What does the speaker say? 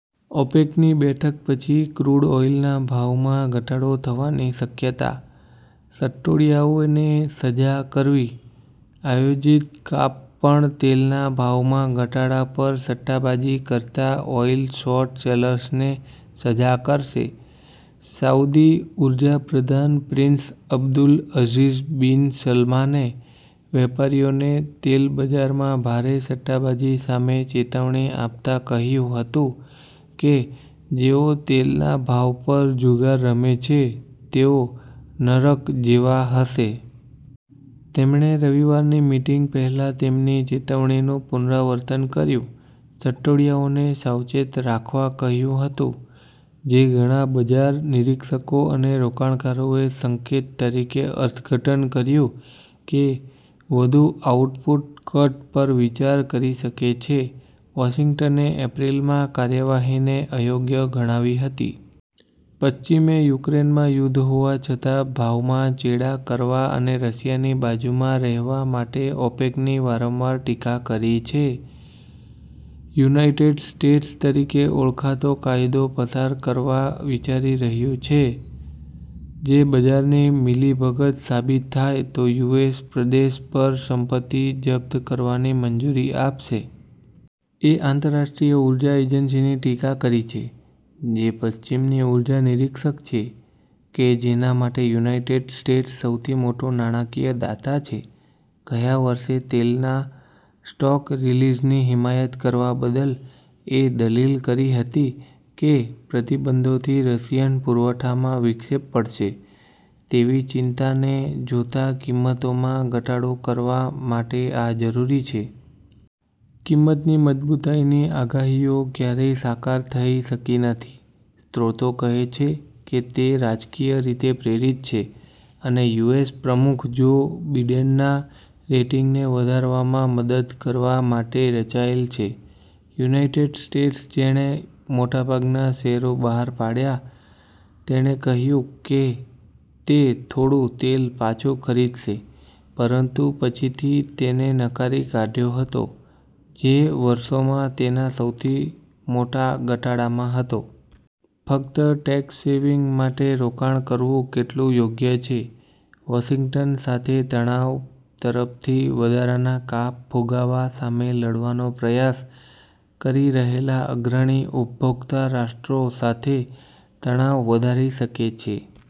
ઓપેકની બેઠક પછી ક્રૂડ ઓઇલના ભાવમાં ઘટાડો થવાની શક્યતા. સટોડિયાઓને સજા કરવી, આયોજિત કાપ પણ તેલના ભાવમાં ઘટાડા પર સટ્ટાબાજી કરતા ઓઇલ શોર્ટ સેલર્સને સજા કરશે. સાઉદી ઉર્જા પ્રધાન પ્રિન્સ અબ્દુલ અઝીઝ બિન સલમાને વેપારીઓને તેલ બજારમાં ભારે સટ્ટાબાજી સામે ચેતવણી આપતાં કહ્યું હતું કે જેઓ તેલના ભાવ પર જુગાર રમે છે તેઓ "નરક જેવા" હશે. તેમણે રવિવારની મીટિંગ પહેલા તેમની ચેતવણીનું પુનરાવર્તન કર્યું, સટોડિયાઓને "સાવચેત રાખવા" કહ્યું હતું, જે ઘણા બજાર નિરીક્ષકો અને રોકાણકારોએ સંકેત તરીકે અર્થઘટન કર્યું કે વધુ આઉટપુટ કટ પર વિચાર કરી શકે છે. વોશિંગ્ટને એપ્રિલમાં કાર્યવાહીને અયોગ્ય ગણાવી હતી. પશ્ચિમે યુક્રેનમાં યુદ્ધ હોવા છતાં ભાવમાં ચેડાં કરવા અને રશિયાની બાજુમાં રહેવા માટે ઓપેકની વારંવાર ટીકા કરી છે. યુનાઇટેડ સ્ટેટ્સ તરીકે ઓળખાતો કાયદો પસાર કરવા વિચારી રહ્યું છે, જે બજારની મિલીભગત સાબિત થાય તો યુએસ પ્રદેશ પર સંપત્તિ જપ્ત કરવાની મંજૂરી આપશે. એ આંતરરાષ્ટ્રીય ઉર્જા એજન્સીની ટીકા કરી છે, જે પશ્ચિમની ઉર્જા નિરીક્ષક છે કે જેના માટે યુનાઇટેડ સ્ટેટ્સ સૌથી મોટું નાણાકીય દાતા છે, ગયા વર્ષે તેલના સ્ટોક રિલીઝની હિમાયત કરવા બદલ એ દલીલ કરી હતી કે પ્રતિબંધોથી રશિયન પુરવઠામાં વિક્ષેપ પડશે તેવી ચિંતાને જોતાં કિંમતોમાં ઘટાડો કરવા માટે આ જરૂરી છે. કિંમતની મજબૂતાઈની આગાહીઓ ક્યારેય સાકાર થઈ શકી નથી, સ્ત્રોતો કહે છે કે તે રાજકીય રીતે પ્રેરિત છે અને યુએસ પ્રમુખ જો બિડેનના રેટિંગને વધારવામાં મદદ કરવા માટે રચાયેલ છે. યુનાઇટેડ સ્ટેટ્સ, જેણે મોટાભાગના શેરો બહાર પાડ્યા, તેણે કહ્યું કે તે થોડું તેલ પાછું ખરીદશે, પરંતુ પછીથી તેને નકારી કાઢ્યો હતો, જે વર્ષોમાં તેના સૌથી મોટા ઘટાડામાં હતો. ફક્ત ટેક્સ સેવિંગ માટે રોકાણ કરવું કેટલું યોગ્ય છે? વોશિંગ્ટન સાથે તણાવ તરફથી વધારાના કાપ ફુગાવા સામે લડવાનો પ્રયાસ કરી રહેલા અગ્રણી ઉપભોક્તા રાષ્ટ્રો સાથે તણાવ વધારી શકે છે.